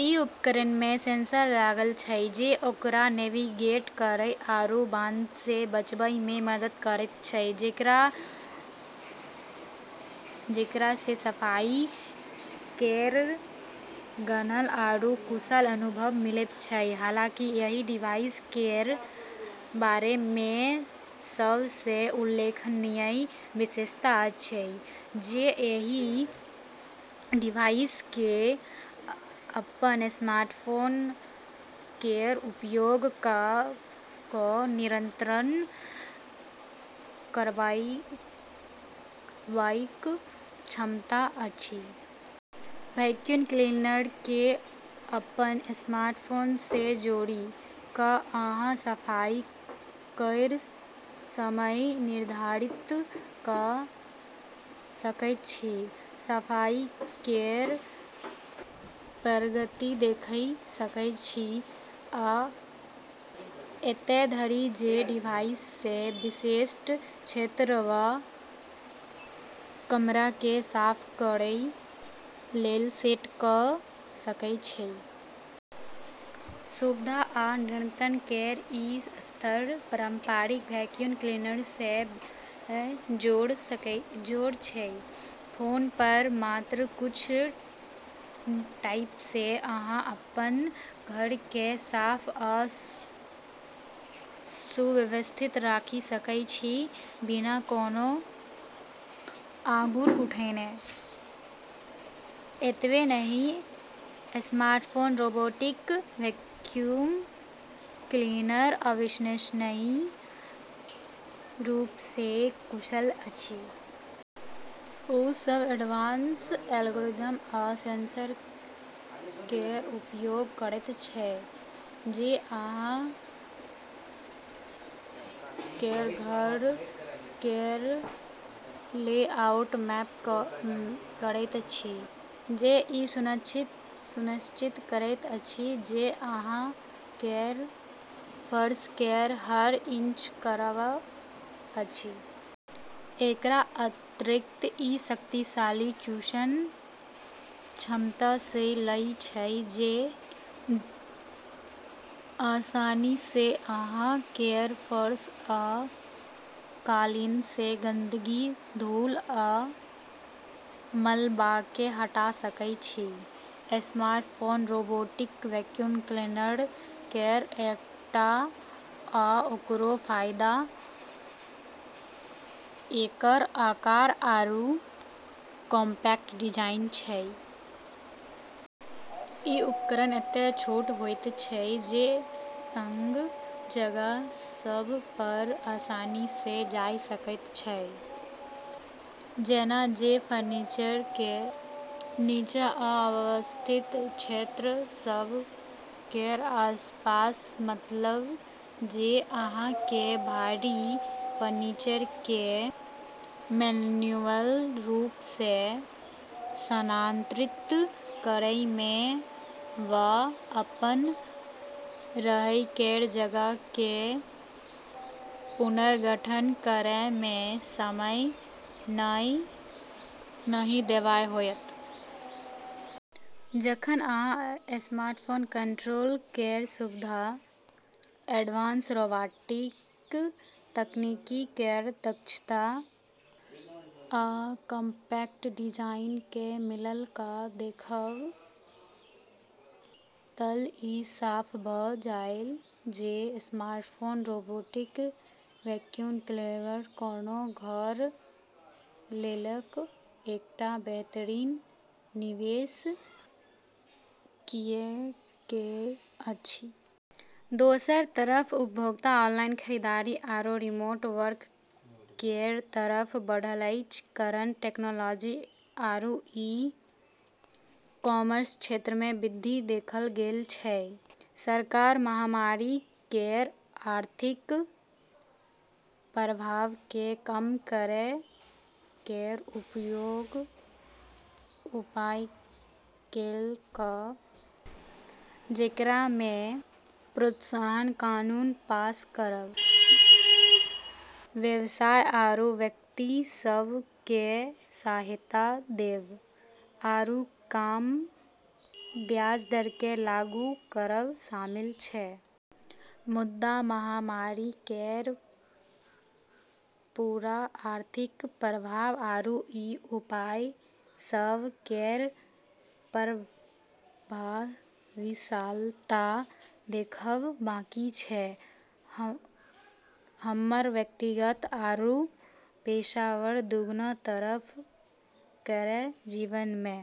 ई उपकरणमे सेंसर लागल छै जे ओकरा नेविगेट करै आरू बाधासँ बचैमे मदद करैत छै, जेकरासँ सफाई केर गहन आरू कुशल अनुभव मिलैत छै। हालांकि एहि डिवाइस केर बारेमे सबसँ उल्लेखनीय विशेषता अछि जे एहि डिवाइसकेँ अपन स्मार्टफोन केर उपयोग कऽ कऽ नियंत्रित करबाक क्षमता अछि। वैक्यूम क्लीनरकेँ अपन स्मार्टफोनसँ जोड़ि कऽ अहाँ सफाई केर समय निर्धारित कऽ सकैत छी, सफाई केर प्रगति देखि सकैत छी, आ एतए धरि जे डिवाइसकेँ विशिष्ट क्षेत्र वा कमराकेँ साफ करै लेल सेट कऽ सकैत छी। सुविधा आ नियंत्रण केर ई स्तर पारंपरिक वैक्यूम क्लीनरसँ बेजोड़ छै। फोनपर मात्र किछु टैपसँ अहाँ अपन घरकेँ साफ आ सुव्यवस्थित राखि सकैत छी, बिना कोनो आँगुर उठौने। एतबे नहि स्मार्टफोन रोबोटिक वैक्यूम क्लीनर अविश्वसनीय रूपसँ कुशल अछि। ओ सब एडवांस एल्गोरिदम आ सेंसर केर उपयोग करैत अछि जे अहाँ केर घर केर लेआउटकेँ मैप करैत अछि, जे ई सुनिश्चित करैत अछि जे अहाँ केर फर्श केर हर इंच कवर अछि। एकरा अतिरिक्त, ई शक्तिशाली चूषण क्षमतासँ लैस छै जे आसानीसँ अहाँ केर फर्श आ कालीनसँ गंदगी, धूल आ मलबाकेँ हटा सकैत छै। स्मार्टफोन रोबोटिक वैक्यूम क्लीनर केर एकटा आओर फायदा एकर आकार आरू कॉम्पैक्ट डिजाइन छै। ई उपकरण एतेक छोट होइत छै जे तंग जगह सभपर आसानीसँ जा सकैत छै, जेना जे फर्नीचर केर नीचाँ वा अव्यवस्थित क्षेत्र सभ केर आसपास। मतलब जे अहाँकेँ भारी फर्नीचरकेँ मैन्युअल रूपसँ स्थानांतरित करैमे वा अपन रहै केर जगहकेँ पुनर्गठन करैमे समय नहि देबाय होयत। जखन अहाँ स्मार्टफोन कंट्रोल केर सुविधा, एडवांस रोबोटिक्स तकनीक केर दक्षता, आ कॉम्पैक्ट डिजाइनकेँ मिला कऽ देखब तऽ ई साफ भऽ जाएत जे स्मार्टफोन रोबोटिक वैक्यूम क्लीनर कोनो घर लेल एकटा बेहतरीन निवेश किऐक अछि। दोसर तरफ उपभोक्ता ऑनलाइन खरीदारी आरू रिमोट वर्क केर तरफ बढ़लाक कारण टेक्नोलॉजी आरू ई-कॉमर्स क्षेत्रमे वृद्धि देखल गेल छै। सरकार महामारी केर आर्थिक प्रभावकेँ कम करै केर उपाय केलक, जेकरामे प्रोत्साहन कानून पास करब, व्यवसाय आरू व्यक्ति सभकेँ सहायता देब, आरू कम ब्याज दरकेँ लागू करब शामिल छै। मुदा महामारी केर पूरा आर्थिक प्रभाव आरू ई उपाय सभ केर प्रभावशीलता देखब बाकी छै। हमर व्यक्तिगत आरू पेशेवर दूनू तरह केर जीवनमे।